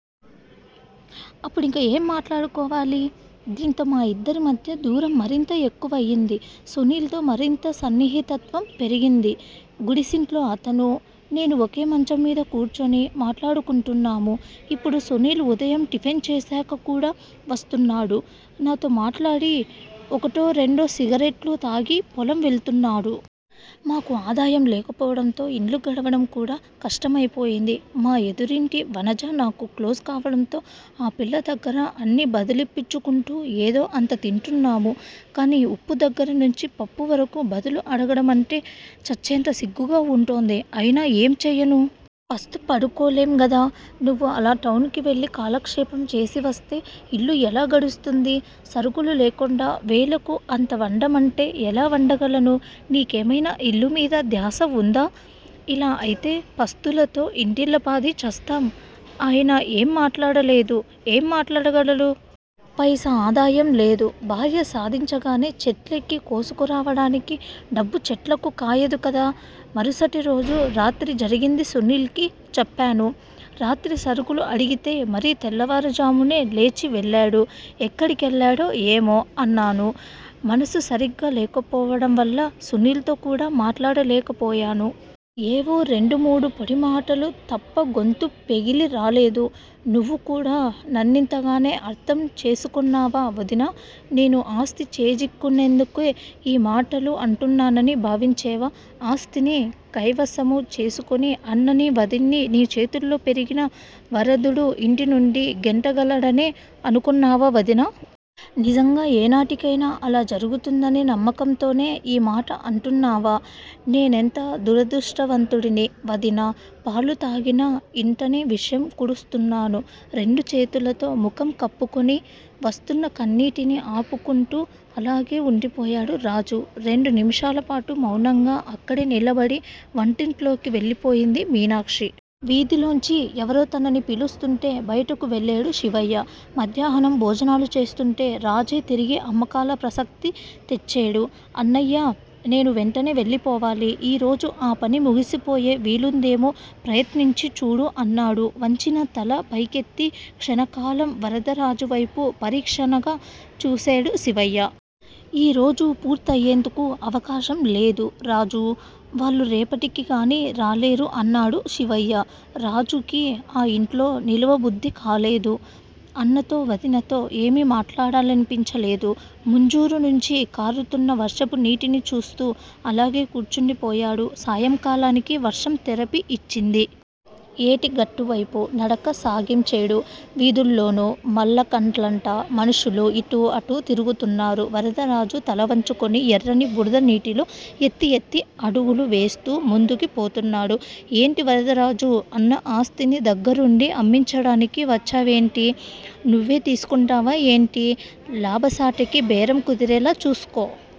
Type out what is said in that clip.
అప్పుడింక ఏం మాట్లాడుకోవాలి? దీంతో మా ఇద్దరి మధ్య దూరం మరింత ఎక్కువైంది. సునీల్ తో మరింత సన్నిహితత్వం పెరిగింది. గుడిసింట్లో అతనూ, నేనూ ఒకే మంచం మీద కూర్చుని మాట్లాడుకుంటున్నాము. ఇప్పుడు సునీల్ ఉదయం టిఫిన్ చేశాక కూడా వస్తున్నాడు. నాతో మాట్లాడి ఒకటో రెండో సిగరెట్లు తాగి, పొలం వెళుతున్నాడు. మాకు ఆదాయం లేకపోవడంతో ఇల్లు గడవడం కూడా కష్టమైపోయింది. మా ఎదురింటి వనజ నాకు క్లోజ్ కావడంతో ఆ పిల్ల దగ్గర అన్నీ బదులిప్పించుకుంటూ ఏదో అంత తింటున్నాం. కానీ ఉప్పు దగ్గర్నుంచి పప్పు వరకు బదులు అడగడమంటే చచ్చేంత సిగ్గుగా వుంటోంది. అయినా ఏం చేయను? పస్తు పడుకోలేంగదా. నువ్వు అలా టౌన్ కి వెళ్ళి కాలక్షేపం చేసివస్తే ఇల్లు ఎలా గడుస్తుంది? సరుకులు లేకుండా వేళకు అంత వండమంటే ఎలా వండగలను? నీకేమైనా ఇల్లుమీద ధ్యాస వుందా? ఇలా అయితే పస్తులతో ఇంటిల్లిపాదీ చస్తాం ఆయన ఏం మాట్లాడలేదు, ఏం మాట్లాడగలడు? పైసా ఆదాయం లేదు. భార్య సాధించగానే చెట్లెక్కి కోసుకురావడానికి డబ్బు చెట్లకు కాయదు కదా. మరుసటిరోజు రాత్రి జరిగింది సునీల్ కి చెప్పాను. రాత్రి సరుకులు అడిగితే మరీ తెల్లవారుజామునే లేచి వెళ్ళాడు. ఎక్కడికెళ్ళాడో ఏమో? అన్నాను. మనసు సరిగ్గా లేకపోవడంవల్ల సునీల్ తో కూడా మాట్లాడలేకపోయాను. ఏవో రెండు మూడు పొడి మాటలు తప్ప గొంతు పెగిలిరాలేదు. నువ్వుకూడా నన్నింతగానే అర్ధం చేసుకొన్నావా వదినా! నేను ఆస్తి చేజిక్కించునేందుకు ఈ మాటలు అంటున్నానని భావించేవా? ఆస్తిని కైవసము చేసుకొని అన్ననీ, వదిన్నీ నీ చేతుల్లో పెరిగిన వరదుడు ఇంటినుండి గెంటగలడనే అనుకొన్నావా వదినా? నిజంగా ఏనాటికైనా అలా జరుగుతుందనే నమ్మకంతోనే ఈ మాట అంటున్నావా? నేనెంత దురదృష్టవంతుడిని, వదినా! పాలు తాగిన ఇంటనే విషం కుడుస్తున్నాను. రెండు చేతులతో ముఖం కప్పుకొని, వస్తున్న కన్నీటిని ఆపుకొంటూ అలాగే ఉండిపోయేడు రాజు. రెండు నిమిషాలపాటు మౌనంగా అక్కడే నిలబడి వంట ఇంటిలోకి వెళ్ళిపోయింది మీనాక్షి. వీథిలోంచి ఎవరో తనని పిలుస్తూంటే బయటికి వెళ్లేడు శివయ్య. మధ్యాహ్నం భోజనాలు చేస్తూంటే రాజే తిరిగి అమ్మకాల ప్రసక్తి తెచ్చేడు. అన్నయ్యా, నేను వెంటనే వెళ్ళిపోవాలి. ఈ రోజు ఆ పని ముగిసిపోయే వీలుందేమో ప్రయత్నించి చూడు అన్నాడు. వంచిన తల పైకెత్తి క్షణకాలం వరదరాజువైపు పరీక్షగా చూసేడు శివయ్య. ఈ రోజు పూర్తి అయేందుకు అవకాశం లేదు, రాజూ! వాళ్లు రేపటికికాని రాలేరు అన్నాడు శివయ్య. రాజుకి ఆ ఇంట్లో నిలువ బుద్ధికాలేదు. అన్నతో, వదినతో ఏమి మాట్లాడాలనిపించలేదు. ముంజూరు నుంచి కారుతున్న వర్షపు నీటిని చూస్తూ అలాగే కూర్చుండిపోయేడు. సాయంకాలానికి వర్షం తెరిపి ఇచ్చింది. ఏటిగట్టు వైపు నడక సాగించేడు. వీథుల్లోను, మళ్ళగట్లంట మనుష్యులు ఇటూ అటూ తిరుగుతున్నారు. వరదరాజు తలవంచుకొని ఎర్రని బురద నీటిలో ఎత్తి ఎత్తి అడుగులు వేస్తూ ముందుకి పోతున్నాడు. ఏంటి వరదరాజూ! అన్న ఆస్తిని దగ్గిరుండి అమ్మించడానికి వచ్చేవేంటి? నువ్వే తీసుకొంటావేంటి? లాభసాటిగా బేరం కుదిరేలా చూసుకో.